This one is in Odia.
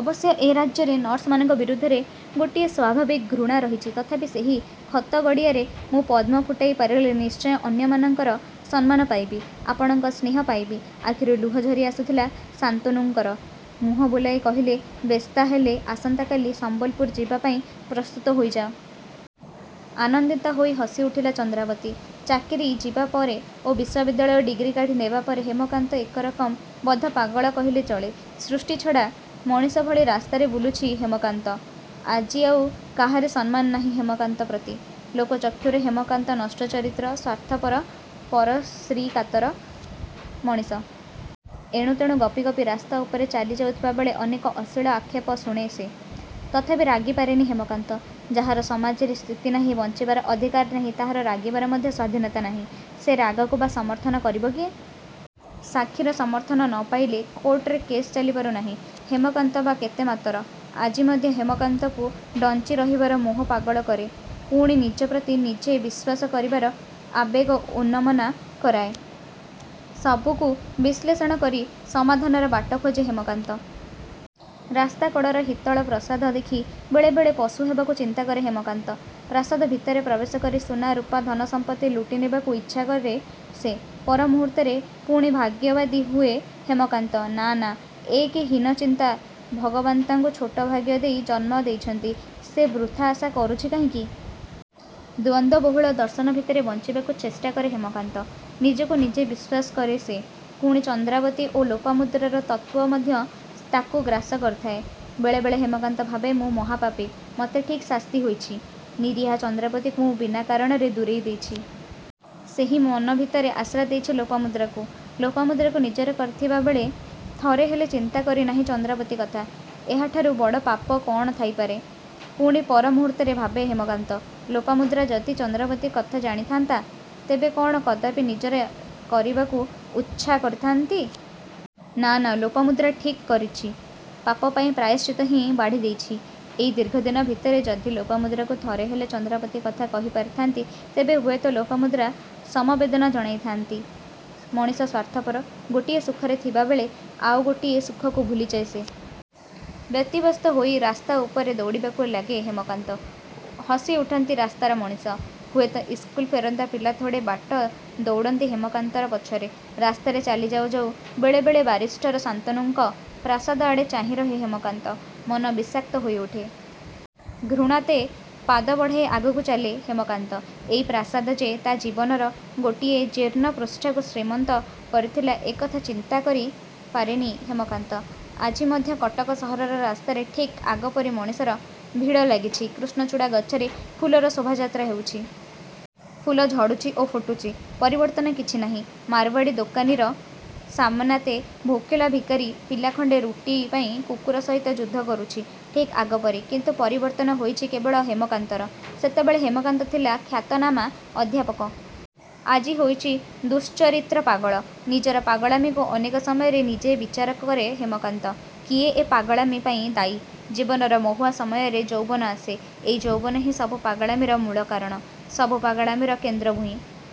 ଅବଶ୍ୟ ଏ ରାଜ୍ୟରେ ନର୍ସମାନଙ୍କ ବିରୁଦ୍ଧରେ ଗୋଟିଏ ସ୍ୱଭାବିକ୍ ଘୃଣା ରହିଛି ତଥାପି ସେହି ଖତ ଗଡ଼ିଆରେ ମୁଁ ପଦ୍ମ ଫୁଟାଇ ପାରିଲେ ନିଶ୍ଚୟ ଅନ୍ୟମାନଙ୍କର ସମ୍ମାନ ପାଇବି। ଆପଣଙ୍କ ସ୍ନେହ ପାଇବି। '' ଆଖିରୁ ଲୁହ ଝରି ଆସୁଥିଲା ଶାନ୍ତନୁଙ୍କର। ମୁହଁ ବୁଲାଇ କହିଲେ''ବେଶ୍ତା ହେଲେ ଆସନ୍ତା କାଲି ସମ୍ବଲପୁର ଯିବା ପାଇଁ ପ୍ରସ୍ତୁତ ହୋଇଯାଅ। '' ଆନନ୍ଦିତା ହୋଇ ହସିଉଠିଲା ଚନ୍ଦ୍ରାବତୀ। ଚାକିରୀ ଯିବା ପରେ ଓ ବିଶ୍ୱବିଦ୍ୟାଳୟ ଡ଼ିଗ୍ରୀ କାଢ଼ି ନେବାପରେ ହେମକାନ୍ତ ଏକରକମ ବଦ୍ଧପାଗଳ କହିଲେ ଚଳେ। ସୃଷ୍ଟି ଛଡ଼ା ମଣିଷ ଭଳି ରାସ୍ତାରେ ବୁଲୁଛି ହେମକାନ୍ତ। ଆଜି ଆଉ କାହାରି ସମ୍ମାନ ନାହିଁ ହେମକାନ୍ତ ପ୍ରତି। ଲୋକଚକ୍ଷୁରେ ହେମକାନ୍ତ ନଷ୍ଟଚରିତ୍ର, ସ୍ୱାର୍ଥପରପରଶ୍ରୀକାତର ମଣିଷ। ଏଣୁ ତେଣୁ ଗପି ଗପି ରାସ୍ତା ଉପରେ ଚାଲି ଯାଉଥିବାବେଳେ ଅନେକ ଅଶ୍ଳୀଳ ଆକ୍ଷେପ ଶୁଣେ ସେ। ତଥାପି ରାଗି ପାରେନି ହେମକାନ୍ତ। ଯାହାର ସମାଜରେ ସ୍ଥିତି ନାହିଁ ବଞ୍ଚିବାର ଅଧିକାର ନାହିଁ ତାହାର ରାଗିବାର ମଧ୍ୟ ସ୍ୱାଧୀନତା ନାହିଁ। ସେ ରାଗକୁ ବା ସମର୍ଥନ କରିବ କିଏ? ସାକ୍ଷୀର ସମର୍ଥନ ନ ପାଇଲେ କୋର୍ଟରେ କେସ୍ ଚାଲିପାରୁ ନାହିଁ ହେମକାନ୍ତ ବା କେତେ ମାତର। ଆଜି ମଧ୍ୟ ହେମକାନ୍ତକୁ ଡ଼ଞ୍ଚି ରହିବାର ମୋହ ପାଗଳ କରେ ପୁଣି ନିଜ ପ୍ରତି ନିଜେ ବିଶ୍ୱାସ କରିବାର ଆବେଗ ଉନମନା କରାଏ। ସବୁକୁ ବିଶ୍ଳେଷଣ କରି ସମାଧାନର ବାଟ ଖୋଜେ ହେମକାନ୍ତ। ରାସ୍ତାକଡ଼ର ହିତଳ ପ୍ରସାଦ ଦେଖି ବେଳେ ବେଳେ ପଶୁ ହେବାକୁ ଚିନ୍ତାକରେ ହେମକାନ୍ତ। ପ୍ରାସାଦ ଭିତରେ ପ୍ରବେଶ କରି ସୁନା, ରୂପା, ଧନ ସମ୍ପତ୍ତି ଲୁଟି ନେବାକୁ ଇଚ୍ଛାକରେ ସେ। ପରମୁହୂର୍ତ୍ତରେ ପୁଣି ଭାଗ୍ୟବାଦୀ ହୁଏ ହେମକାନ୍ତ। ନାଁ ନାଁ ଏ କି ହୀନ ଚିନ୍ତା ଭଗବାନ୍ତାକୁ ଛୋଟ ଭାଗ୍ୟ ଦେଇ ଜନ୍ମ ଦେଇଛନ୍ତି ସେ ବୃଥା ଆଶା କରୁଛି କାହିଁକି? ଦ୍ୱନ୍ଦବହୁଳ ଦର୍ଶନ ଭିତରେ ବଞ୍ଚିବାକୁ ଚେଷ୍ଟାକରେ ହେମକାନ୍ତ। ନିଜକୁ ନିଜେ ବିଶ୍ୱାସ କରେ ସେ। ପୁଣି ଚନ୍ଦ୍ରାବତୀ ଓ ଲୋପାମୁଦ୍ରାର ତତ୍ୱ ମଧ୍ୟ ତାକୁ ଗ୍ରାସ କରିଥାଏ। ବେଳେ ବେଳେ ହେମକାନ୍ତ ଭାବେ ମୁଁ ମହାପାପୀ। ମୋତେ ଠିକ୍ଶାସ୍ତି ହୋଇଛି। ନିରୀହା ଚନ୍ଦ୍ରାବତୀକୁ ମୁଁ ବିନା କାରଣରେ ଦୂରେଇ ଦେଇଛି। ସେହି ମନ ଭିତରେ ଆଶ୍ରା ଦେଇଛି ଲୋପାମୁଦ୍ରାକୁ। ଲୋପାମୁଦ୍ରାକୁ ନିଜର କରିଥିବାବେଳେ ଥରେ ହେଲେ ଚିନ୍ତା କରିନାହିଁ ଚନ୍ଦ୍ରାବତୀ କଥା। ଏହାଠାରୁ ବଡ଼ ପାପ କ'ଣ ଥାଇପାରେ? ପୁଣି ପର ମୁହୁର୍ତ୍ତରେ ଭାବେ ହେମକାନ୍ତ। ଲୋପାମୁଦ୍ରା ଯଦି ଚନ୍ଦ୍ରାବତୀ କଥା ଜାଣିଥାନ୍ତା ତେବେ କ'ଣ କଦାପି ନିଜର କରିବାକୁ ଉଚ୍ଛା କରିଥାନ୍ତି? ନାଁ ନାଁ ଲୋପାମୁଦ୍ରା ଠିକ୍କରିଛି ପାପପାଇଁ ପ୍ରାୟଶ୍ଚିତ ହିଁ ବାଢି ଦେଇଛି। ଏଇ ଦୀର୍ଘଦିନ ଭିତରେ ଯଦି ଲୋପାମୁଦ୍ରାକୁ ଥରେ ହେଲେ ଚନ୍ଦ୍ରାବତୀ କଥା କହି ପାରିଥାନ୍ତି ତେବେ ହୁଏତ ଲୋପାମୁଦ୍ରା ସମବେଦନା ଜଣାଇଥାନ୍ତି। ମଣିଷ ସ୍ୱାର୍ଥପର। ଗୋଟିଏ ସୁଖରେ ଥିବାବେଳେ ଆଉ ଗୋଟିଏ ସୁଖକୁ ଭୁଲିଯାଏ ସେ। ବ୍ୟତିବ୍ୟସ୍ତ ହୋଇ ଗସ୍ତା ଉପରେ ଦୌଡ଼ିବାକୁ ଲାଗେ ହେମକାନ୍ତ। ହସିଉଠନ୍ତି ରାସ୍ତାର ମଣିଷ। ହୁଏତ ଇସ୍କୁଲ ଫେରନ୍ତା ପିଲା ଥୋଡ଼େ ବାଟ ଦୌଡ଼ନ୍ତି ହେମକାନ୍ତର ପଛରେ। ରାସ୍ତାରେ ଚାଲି ଯାଉ ଯାଉ ବେଳେ ବେଳେ ବାରିଷ୍ଟର ଶାନ୍ତନୁଙ୍କ ପ୍ରାସାଦ ଆଡ଼େ ଚାହିଁରହେ ହେମକାନ୍ତ। ମନ ବିଷାକ୍ତ ହୋଇଉଠେ। ଘୃଣାତେ ପାଦ ବଢ଼ାଇ ଆଗକୁ ଚାଲେ ହେମକାନ୍ତ। ଏଇ ପ୍ରାସାଦ ଯେ ତା' ଜୀବନର ଗୋଟିଏ ଜୀର୍ଣ୍ଣ ପୃଷ୍ଠାକୁ ଶ୍ରୀମନ୍ତ କରିଥିଲା ଏ କଥା ଚିନ୍ତା କରି ପାରେନି ହେମକାନ୍ତ। ଆଜି ମଧ୍ୟ କଟକ ସହରର ରାସ୍ତାରେ ଠିକ୍ଆଗପରି ମଣିଷର ଭିଡ଼ ଲାଗିଛି। କୃଷ୍ଣଚୂଡ଼ା ଗଛରେ ଫୁଲର ଶୋଭାଯାତ୍ରା ହେଉଛି। ଫୁଲ ଝଡ଼ୁଛି ଓ ଫୁଟୁଛି। ପରିବର୍ତ୍ତନ କିଛି ନାହିଁ। ମାରଓ୍ୱାଡ଼ୀ ଦୋକାନୀର ସାମନାତେ ଭୋକିଲା ଭିକାରୀ ପିଲା ଖଣ୍ଡେ ରୁଟି ପାଇଁ କୁକୁର ସହିତ ଯୁଦ୍ଧ କରୁଛି। ଠିକ୍ ଆଗ ପରି। କିନ୍ତୁ ପରିବର୍ତ୍ତନ ହୋଇଛି କେବଳ ହେମକାନ୍ତର। ସେତେବେଳେ ହେମକାନ୍ତ ଥିଲା ଖ୍ୟାତନାମା ଅଧ୍ୟାପକ। ଆଜି ହୋଇଛି ଦୁଃଶ୍ଚରିତ୍ର ପାଗଳ। ନିଜର ପାଗଳାମୀକୁ ଅନେକ ସମୟରେ ନିଜେ ବିଚାର କରେ ହେମକାନ୍ତ। କିଏ ଏ ପାଗଳାମୀ ପାଇଁ ଦାୟୀ? ଜୀବନର ମହୁଆ ସମୟରେ ଯୌବନ ଆସେ। ଏଇ ଯୌବନ ହିଁ ସବୁ ପାଗଳାମୀର ମୂଳ କାରଣ ସବୁ ପାଗଳାମୀର କେନ୍ଦ୍ର ଭୂଇଁ।